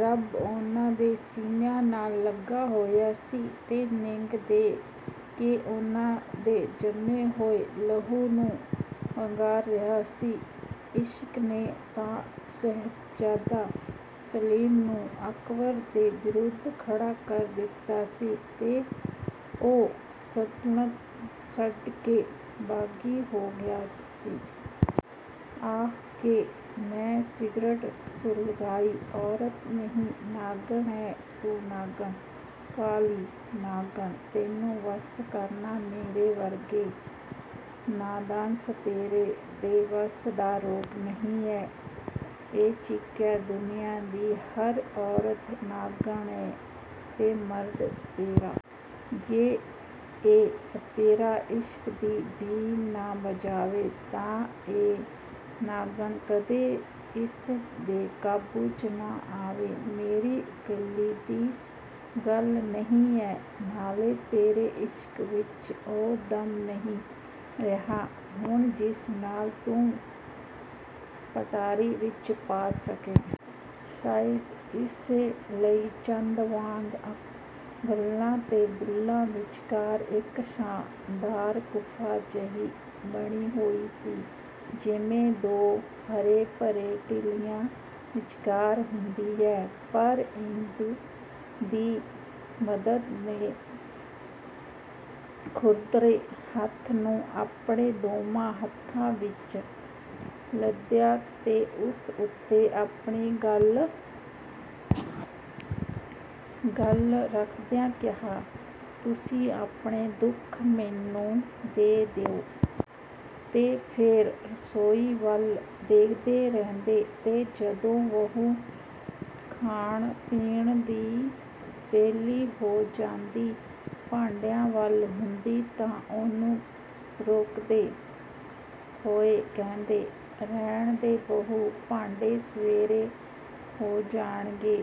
ਰੱਬ ਉਹਨਾਂ ਦੇ ਸੀਨਿਆਂ ਨਾਲ ਲਗਾ ਹੋਇਆ ਸੀ ਤੇ ਨਿੱਘ ਦੇ ਕੇ ਉਹਨਾਂ ਦੇ ਜੰਮੇ ਹੋਏ ਲਹੂ ਨੂੰ ਪੰਘਾਰ ਰਿਹਾ ਸੇ। ਇਸ਼ਕ ਨੇ ਤਾਂ ਸ਼ਹਿਜ਼ਾਦਾ ਸਲੀਮ ਨੂੰ ਅਕਬਰ ਦੇ ਵਿਰੁਧ ਖੜ੍ਹਾ ਕਰ ਦਿੱਤਾ ਸੀ ਤੇ ਉਹ ਸਲਤਨਤ ਛੱਡ ਕੇ ਬਾਗ਼ੀ ਹੋ ਗਿਆ ਸੀ। " ਆਖ ਕੇ ਮੈਂ ਸਿਗਰਟ ਸੁਲਘਾਈ। "ਔਰਤ ਨਹੀਂ ਨਾਗਣ ਏ ਤੂੰ ਨਾਗਣ। ਕਾਲੀ ਨਾਗਣ… ਤੈਨੂੰ ਵੱਸ ਕਰਨਾ ਮੇਰੇ ਵਰਗੇ ਨਾਦਾਨ ਸਪੇਰੇ ਦੇ ਵੱਸ ਦਾ ਰੋਗ ਨਹੀਂ ਏ। " ਉਹ ਚੀਕਿਆ। "ਦੁਨੀਆਂ ਦੀ ਹਰ ਔਰਤ ਨਾਗਣ ਏਂ ਤੇ ਮਰਦ ਸਪੇਰਾ। ਜੇ ਇਹ ਸਪੇਰਾ ਇਸ਼ਕ ਦੀ ਬੀਨ ਨਾ ਵਜਾਵੇ ਤਾਂ ਇਹ ਨਾਗਣ ਕਦੇ ਇਸ ਦੇ ਕਾਬੂ 'ਚ ਨਾ ਆਵੇ… ਮੇਰੀ ਇਕੱਲੀ ਦੀ ਗੱਲ ਨਹੀਂ ਏ। ਨਾਲੇ ਤੇਰੇ ਇਸ਼ਕ ਵਿਚ ਉਹ ਦਮ ਨਹੀਂ ਰਿਹਾ ਹੁਣ ਜਿਸ ਨਾਲ ਤੂੰ ਮੈਨੂੰ ਪਟਾਰੀ 'ਚ ਪਾ ਸਕੇਂ। ਸ਼ਾਇਦ ਇਸੇ ਲਈ ਚੰਦ ਵਾਂਗ ਗੱਲ੍ਹਾਂ ਤੇ ਬੁੱਲ੍ਹਾਂ ਵਿਚਕਾਰ ਇਕ ਛਾਂ–ਦਾਰ ਗੁਫ਼ਾ ਜਿਹੀ ਬਣੀ ਹੋਈ ਸੀ, ਜਿਵੇਂ ਦੋ ਹਰੇ ਭਰੇ ਟੀਲਿਆਂ ਵਿਚਕਾਰ ਹੁੰਦੀ ਹੈ। ' ਪਰ ਇੰਦੂ ਨੇ ਮਦਨ ਦੇ ਖੁਰਦਰੇ ਹੱਥ ਨੂੰ ਆਪਣੇ ਦੋਵਾਂ ਹੱਥਾਂ ਵਿਚ ਲੈਂਦਿਆਂ ਤੇ ਉਸ ਉੱਤੇ ਆਪਣੀ ਗੱਲ੍ਹ ਰੱਖਦਿਆਂ ਕਿਹਾ- "ਤੁਸੀਂ ਆਪਣੇ ਦੁੱਖ ਮੈਨੂੰ ਦੇ ਦਿਓ। " ਤੇ ਫੇਰ ਰਸੋਈ ਵੱਲ ਦੇਖਦੇ ਰਹਿੰਦੇ ਤੇ ਜਦੋਂ ਬਹੂ ਖਾਣ ਪੀਣ ਤੋਂ ਵਿਹਲੀ ਹੋ ਜਾਂਦੀ ਤੇ ਭਾਂਡਿਆਂ ਵੱਲ ਹੁੰਦੀ ਤਾਂ ਉਸਨੂੰ ਰੋਕਦੇ ਹੋਏ ਕਹਿੰਦੇ, "ਰਹਿਣ ਦੇ ਬਹੂ, ਭਾਂਡੇ ਸਵੇਰੇ ਹੋ ਜਾਣਗੇ।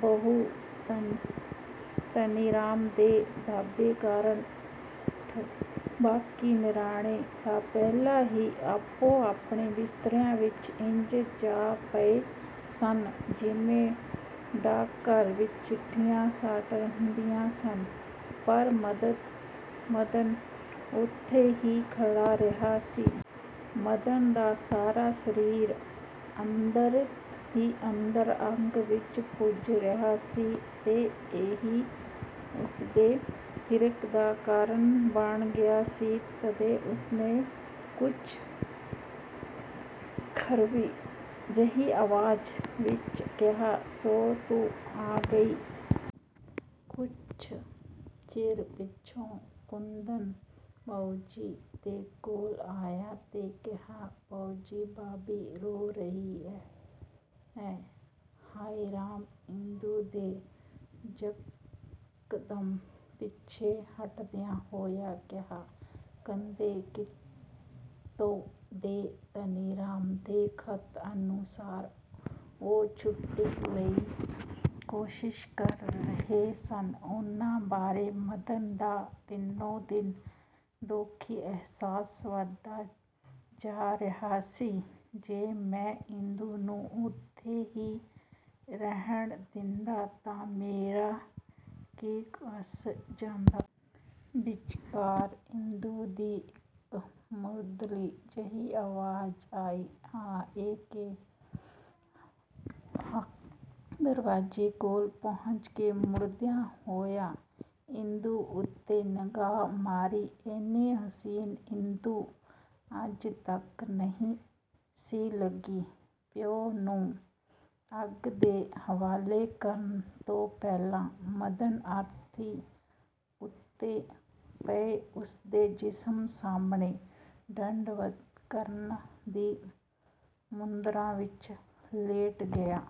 ਬਾਊ ਧਨੀਰਾਮ ਦੇ ਦਾਬੇ ਕਾਰਣ ਬਾਕੀ ਨਿਆਣੇ ਤਾਂ ਪਹਿਲਾਂ ਹੀ ਆਪੋ ਆਪਣੇ ਬਿਸਤਰਿਆਂ ਵਿਚ ਇੰਜ ਜਾ ਪਏ ਸਨ, ਜਿਵੇਂ ਡਾਕਘਰ ਵਿਚ ਚਿੱਠੀਆਂ ਸਾਰਟ ਹੁੰਦੀਆਂ ਨੇ, ਪਰ ਮਦਨ ਉੱਥੇ ਹੀ ਖੜ੍ਹਾ ਰਿਹਾ ਸੀ। ਮਦਨ ਦਾ ਸਾਰਾ ਸਰੀਰ ਅੰਦਰ ਹੀ ਅੰਦਰ ਅੱਗ ਵਿਚ ਭੁੱਜ ਰਿਹਾ ਸੀ ਤੇ ਇਹੀ ਉਸਦੇ ਹਿਰਖ ਦਾ ਕਾਰਣ ਬਣ ਗਿਆ ਸੀ, ਤਦੇ ਉਸਨੇ ਕੁਝ ਖਰਵੀ ਜਿਹੀ ਆਵਾਜ਼ ਵਿਚ ਕਿਹਾ- "ਸੋ, ਤੂੰ ਆ ਗਈ! ਕੁਝ ਚਿਰ ਪਿੱਛੋਂ ਕੁੰਦਨ ਬਾਊਜੀ ਦੇ ਕੋਲ ਆਇਆ ਤੇ ਕਿਹਾ-"ਬੋਜੀ, ਭਾਬੀ ਰੋ ਰਹੀ ਏ। " "ਹਾਏ ਰਾਮ" ਇੰਦੂ ਨੇ ਯਕਦਮ ਪਿੱਛੇ ਹਟਦਿਆਂ ਹੋਇਆਂ ਕਿਹਾ, "ਗੰਦੇ ਕਿਤੋਂ ਦੇ! ਧਨੀਰਾਮ ਦੇ ਖ਼ਤ ਅਨੁਸਾਰ ਉਹ ਛੁੱਟੀ ਲਈ ਕੋਸ਼ਿਸ਼ ਕਰ ਰਹੇ ਸਨ… ਉਹਨਾਂ ਬਾਰੇ ਮਦਨ ਦਾ ਦਿਨੋ ਦਿਨ ਦੋਖੀ ਅਹਿਸਾਸ ਵਧਦਾ ਜਾ ਰਿਹਾ ਸੀ-'ਜੇ ਮੈਂ ਇੰਦੂ ਨੂੰ ਉੱਥੇ ਹੀ ਰਹਿਣ ਦਿੰਦਾ ਤਾਂ ਮੇਰਾ ਕੀ ਘਸ ਜਾਂਦਾ? ਵਿਚਕਾਰ ਇੰਦੂ ਦੀ ਇਕ ਮੁਰਦਲੀ ਜਿਹੀ ਆਵਾਜ਼ ਆਈ-"ਹਾ–ਏ… ਦਰਵਾਜ਼ੇ ਕੋਲ ਪਹੁੰਚ ਕੇ ਮੁੜਦਿਆਂ ਹੋਇਆਂ ਇੰਦੂ ਉੱਤੇ ਨਿਗਾਹ ਮਾਰੀ… ਏਨੀ ਹੁਸੀਨ ਇੰਦੂ ਅੱਜ ਤਕ ਨਹੀਂ ਸੀ ਲੱਗੀ! ਪਿਓ ਨੂੰ ਅੱਗ ਦੇ ਹਵਾਲੇ ਕਰਨ ਤੋਂ ਪਹਿਲਾਂ ਮਦਨ ਅਰਥੀ ਉੱਤੇ ਪਏ ਉਸਦੇ ਜਿਸਮ ਸਾਹਮਣੇ ਡੰਡਵਤ ਕਰਨ ਦੀ ਮੁਦਰਾ ਵਿਚ ਲੇਟ ਗਿਆ।